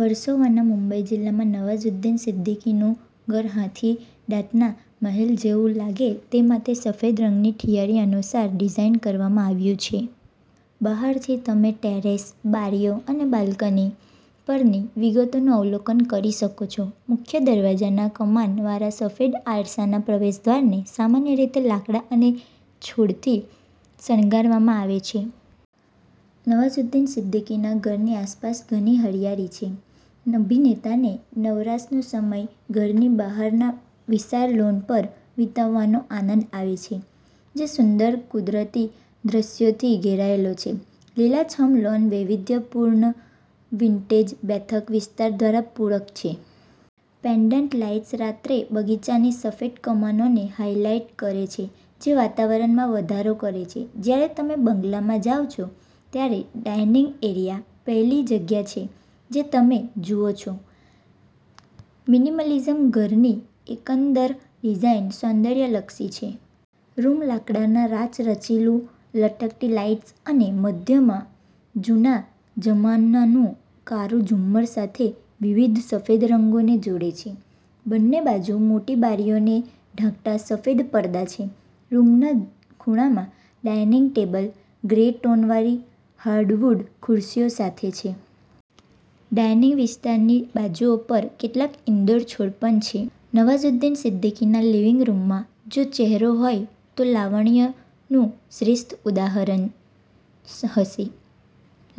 વર્સોવાના મુંબઈ જિલ્લામાં નવાઝુદ્દીન સિદ્દીકીનું ઘર હાથીદાંતના મહેલ જેવું લાગે તે માટે સફેદ રંગની થિયરી અનુસાર ડિઝાઇન કરવામાં આવ્યું છે. બહારથી તમે ટેરેસ, બારીઓ અને બાલ્કની પરની વિગતોનું અવલોકન કરી શકો છો. મુખ્ય દરવાજાના કમાન વાળા સફેદ આરસના પ્રવેશદ્વારને સામાન્ય રીતે લાકડા અને છોડથી શણગારવામાં આવે છે. નવાઝુદ્દીન સિદ્દીકીના ઘરની આસપાસ ઘણી હરિયાળી છે. અભિનેતાને નવરાશનો સમય ઘરની બહારના વિશાળ લૉન પર વિતાવવાનો આનંદ આવે છે જે સુંદર કુદરતી દૃશ્યોથી ઘેરાયેલો છે. લીલાછમ લૉન વૈવિધ્યપૂર્ણ વિન્ટેજ બેઠક વિસ્તાર દ્વારા પૂરક છે. પેન્ડન્ટ લાઇટ્સ રાત્રે બગીચાની સફેદ કમાનોને હાઇલાઇટ કરે છે જે વાતાવરણમાં વધારો કરે છે. જ્યારે તમે બંગલામાં જાવ છો, ત્યારે ડાઇનિંગ એરિયા પહેલી જગ્યા છે જે તમે જુઓ છો. મિનિમલિઝમ ઘરની એકંદર ડિઝાઇન સૌંદર્યલક્ષી છે. રૂમ લાકડાના રાચરચીલું, લટકતી લાઇટ્સ અને મધ્યમાં જૂના જમાનાનું કાળું ઝુમ્મર સાથે વિવિધ સફેદ રંગોને જોડે છે. બંને બાજુ મોટી બારીઓને ઢાંકતા સફેદ પડદા છે. રૂમના ખૂણામાં ડાઇનિંગ ટેબલ ગ્રે-ટોન વાળી હાર્ડવુડ ખુરશીઓ સાથે છે. ડાઇનિંગ વિસ્તારની બાજુઓ પર કેટલાક ઇન્ડોર છોડ પણ છે. નવાઝુદ્દીન સિદ્દીકીના લિવિંગ રૂમમાં જો ચહેરો હોય તો લાવણ્યનું શ્રેષ્ઠ ઉદાહરણ હશે.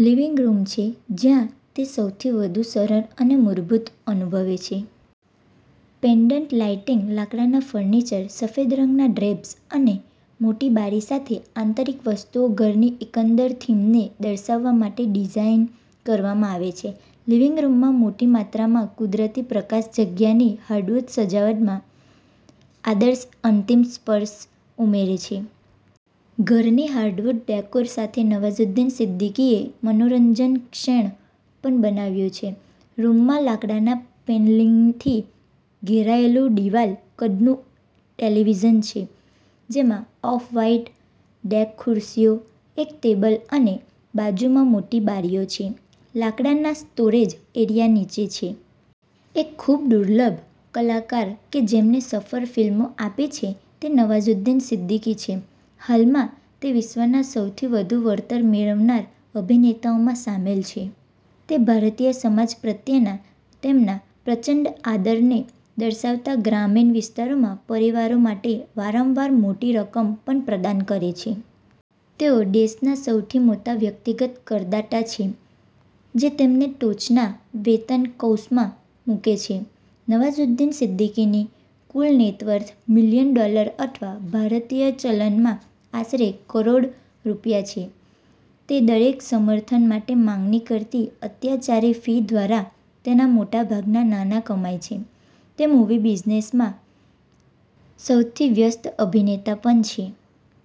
લિવિંગ રૂમ છે જ્યાં તે સૌથી વધુ સરળ અને મૂળભૂત અનુભવે છે. પેન્ડન્ટ લાઇટિંગ, લાકડાના ફર્નિચર, સફેદ રંગના ડ્રેપ્સ અને મોટી બારી સાથે, આંતરિક વસ્તુઓ ઘરની એકંદર થીમને દર્શાવવા માટે ડિઝાઇન કરવામાં આવી છે. લિવિંગ રૂમમાં મોટી માત્રામાં કુદરતી પ્રકાશ જગ્યાની હાર્ડવુડ સજાવટમાં આદર્શ અંતિમ સ્પર્શ ઉમેરે છે. ઘરની હાર્ડવુડ ડેકોર સાથે નવાઝુદ્દીન સિદ્દીકીએ મનોરંજન ક્ષેત્ર પણ બનાવ્યું છે. રૂમમાં લાકડાના પેનલિંગથી ઘેરાયેલું દિવાલ-કદનું ટેલિવિઝન છે જેમાં ઑફ-વ્હાઇટ ડેક ખુરશીઓ, એક ટેબલ અને બાજુમાં મોટી બારીઓ છે. લાકડાના સ્ટોરેજ એરિયા નીચે છે. એક ખૂબદુર્લભ કલાકાર કે જેમણે સફળ ફિલ્મો આપી છે તે નવાઝુદ્દીન સિદ્દીકી છે. હાલમાં તે વિશ્વના સૌથી વધુ વળતર મેળવનારા અભિનેતાઓમાં સામેલ છે. તે ભારતીય સમાજ પ્રત્યેના તેમના પ્રચંડ આદરને દર્શાવતા ગ્રામીણ વિસ્તારોમાં પરિવારો માટે વારંવાર મોટી રકમ પણ પ્રદાન કરે છે. તેઓ દેશના સૌથી મોટા વ્યક્તિગત કરદાતા છે જે તેમને ટોચના વેતન કૌંસમાં મૂકે છે. નવાઝુદ્દીન સિદ્દીકીની કુલ નેટવર્થ મિલિયન ડોલર અથવા ભારતીય ચલણમાં આશરે કરોડ રૂપિયા છે. તે દરેક સમર્થન માટે માંગણી કરતી અત્યાચારી ફી દ્વારા તેના મોટા ભાગના નાણાં કમાય છે. તે મૂવી બિઝનેસમાં સૌથી વ્યસ્ત અભિનેતા પણ છે.